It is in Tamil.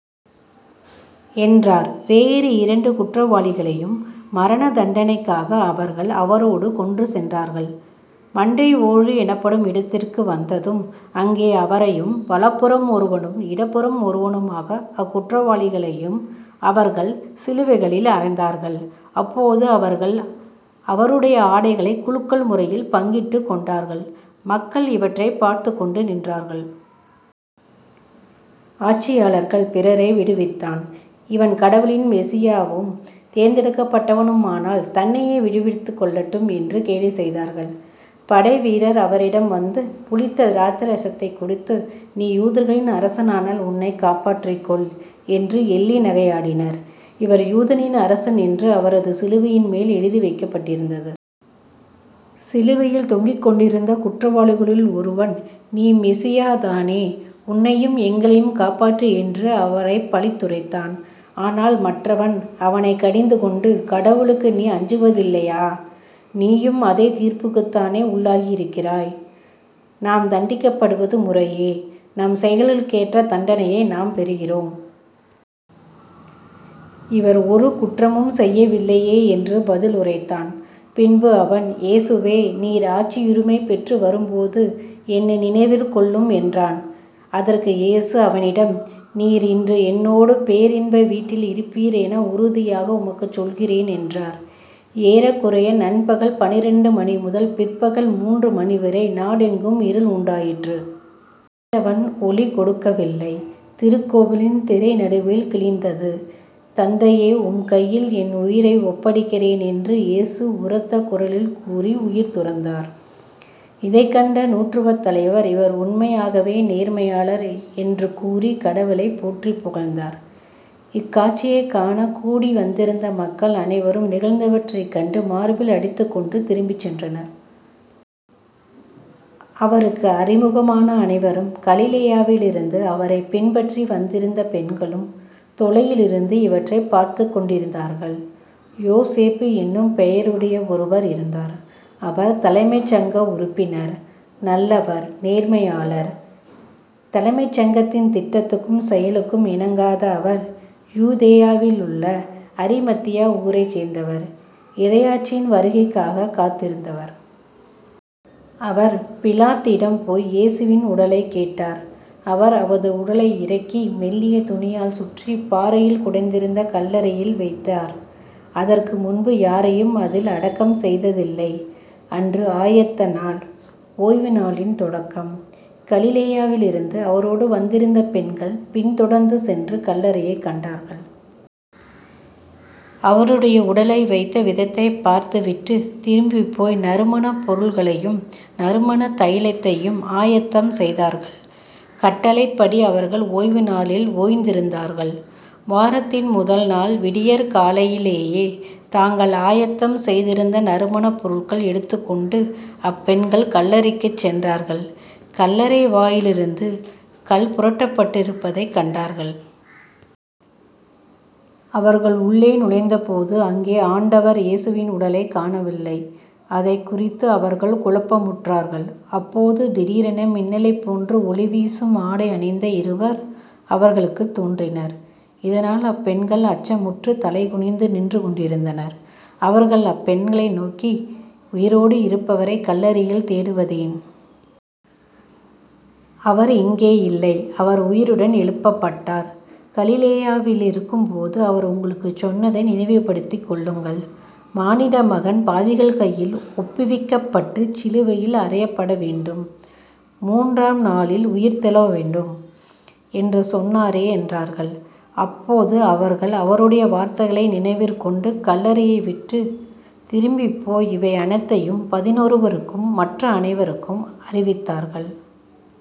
என்றார். வேறு இரண்டு குற்றவாளிகளையும் மரணதண்டனைக்காக அவர்கள் அவரோடு கொண்டுசென்றார்கள். மண்டை ஓடு எனப்படும் இடத்திற்கு வந்ததும் அங்கே அவரையும் வலப்புறம் ஒருவனும் இடப்புறம் ஒருவனுமாக அக்குற்றவாளிகளையும் அவர்கள் சிலுவைகளில் அறைந்தார்கள். அப்போது அவர்கள் அவருடைய ஆடைகளைக் குலுக்கல் முறையில் பங்கிட்டுக் கொண்டார்கள். மக்கள் இவற்றைப் பார்த்துக் கொண்டு நின்றார்கள். ஆட்சியாளர்கள் பிறரை விடுவித்தான் இவன் கடவுளின் மெசியாவும் தேர்ந்தெடுக்கப்பட்டவனுமானால் தன்னையே விடுவித்துக் கொள்ளட்டும் என்று கேலிசெய்தார்கள். படைவீரர் அவரிடம் வந்து புளித்த திராட்சை இரசத்தைக் கொடுத்து நீ யூதர்களின் அரசனானால் உன்னைக் காப்பாற்றிக் கொள் என்று எள்ளி நகையாடினர். இவன் யூதரின் அரசன் என்று அவரது சிலுவையின் மேல் எழுதி வைக்கப்பட்டிருந்தது. சிலுவையில் தொங்கிக்கொண்டிருந்த குற்றவாளிகளுள் ஒருவன் நீ மெசியாதானே உன்னையும் எங்களையும் காப்பாற்று என்று அவரைப் பழித்துரைத்தான். ஆனால் மற்றவன் அவனைக் கடிந்து கொண்டு கடவுளுக்கு நீ அஞ்சுவதில்லையா? நீயும் அதே தீர்ப்புக்குத்தானே உள்ளாகி இருக்கிறாய். நாம் தண்டிக்கப்படுவது முறையே. நம் செயல்களுக்கேற்ற தண்டனையை நாம் பெறுகிறோம். இவர் ஒரு குற்றமும் செய்யவில்லையே என்று பதிலுரைத்தான். பின்பு அவன் இயேசுவே நீர் ஆட்சியுரிமை பெற்று வரும்போது என்னை நினைவிற்கொள்ளும் என்றான். அதற்கு இயேசு அவனிடம் நீர் இன்று என்னோடு பேரின்ப வீட்டில் இருப்பீர் என உறுதியாக உமக்குச் சொல்கிறேன் என்றார். ஏறக்குறைய நண்பகல் பன்னிரண்டு மணி முதல் பிற்பகல் மூன்று மணிவரை நாடெங்கும் இருள் உண்டாயிற்று. கதிரவன் ஒளி கொடுக்கவில்லை. திருக்கோவிலின் திரை நடுவில் கிழிந்தது. தந்தையே உம்கையில் என் உயிரை ஒப்படைக்கிறேன் என்று இயேசு உரத்த குரலில் கூறி உயிர் துறந்தார். இதைக் கண்ட நூற்றுவர் தலைவர் இவர் உண்மையாகவே நேர்மையாளர் என்று கூறிக் கடவுளைப் போற்றிப் புகழ்ந்தார். இக்காட்சியைக் காணக் கூடிவந்திருந்த மக்கள் அனைவரும் நிகழ்ந்தவற்றைக் கண்டு மார்பில் அடித்துக் கொண்டு திரும்பிச் சென்றனர். அவருக்கு அறிமுகமான அனைவரும் கலிலேயாவிலிருந்து அவரைப் பின்பற்றி வந்திருந்த பெண்களும் தொலையிலிருந்து இவற்றைப் பார்த்துக் கொண்டிருந்தார்கள். யோசேப்பு என்னும் பெயருடைய ஒருவர் இருந்தார். அவர் தலைமைச் சங்க உறுப்பினர் நல்லவர் நேர்மையாளர். தலைமைச் சங்கத்தின் திட்டத்துக்கும் செயலுக்கும் இணங்காத அவர் யூதேயாவிலுள்ள அரிமத்தியா ஊரைச் சேர்ந்தவர் இறையாட்சியின் வருகைக்காகக் காத்திருந்தவர். அவர் பிலாத்திடம் போய் இயேசுவின் உடலைக் கேட்டார். அவர் அவரது உடலை இறக்கி மெல்லிய துணியால் சுற்றிப் பாறையில் குடைந்திருந்த கல்லறையில் வைத்தார். அதற்கு முன்பு யாரையும் அதில் அடக்கம் செய்ததில்லை. அன்று ஆயத்த நாள். ஓய்வுநாளின் தொடக்கம். கலிலேயாவிலிருந்து அவரோடு வந்திருந்த பெண்கள் பின் தொடர்ந்து சென்று கல்லறையைக் கண்டார்கள். அவருடைய உடலை வைத்த விதத்தைப் பார்த்து விட்டு திரும்பிப் போய் நறுமணப் பொருள்களையும் நறுமணத் தைலத்தையும் ஆயத்தம் செய்தார். கட்டளைப்படி அவர்கள் ஓய்வுநாளில் ஓய்ந்திருந்தார்கள். வாரத்தின் முதல் நாள் விடியற் காலையிலேயே தாங்கள் ஆயத்தம் செய்திருந்த நறுமணப் பொருள்கள் எடுத்துக் கொண்டு அப்பெண்கள் கல்லறைக்குச் சென்றார்கள் கல்லறை வாயிலிருந்து கல்புரட்டப்பட்டிருப்பதைக் கண்டார்கள். அவர்கள் உள்ளே நுழைந்தபோது அங்கே ஆண்டவர் இயேசுவின் உடலைக் காணவில்லை. அதைக் குறித்து அவர்கள் குழப்பமுற்றார்கள். அப்போது திடீரென மின்னலைப் போன்று ஒளிவீசும் ஆடை அணிந்த இருவர் அவர்களுக்குத் தோன்றினர். இதனால் அப்பெண்கள் அச்சமுற்றுத் தலைகுனிந்து நின்று கொண்டிருந்தனர். அவர்கள் அப்பெண்களை நோக்கி உயிரோடு இருப்பவரைக் கல்லறையில் தேடுவதேன்? அவர் இங்கே இல்லை. அவர் உயிருடன் எழுப்பப்பட்டார். கலிலேயாவில் இருக்கும்போது அவர் உங்களுக்குச் சொன்னதை நினைவுப்படுத்திக் கொள்ளுங்கள். மானிடமகன் பாவிகள் கையில் ஒப்புவிக்கப்பட்டுச் சிலுவையில் அறையப்படவேண்டும். மூன்றாம் நாளில் உயிர்த்தெழ வேண்டும் என்று சொன்னாரே என்றார்கள். அப்போது அவர்கள் அவருடைய வார்த்தைகளை நினைவிற்கொண்டு கல்லறையைவிட்டுத் திரும்பிப் போய் இவை அனைத்தையும் பதினொருவருக்கும் மற்ற அனைவருக்கும் அறிவித்தார்கள்.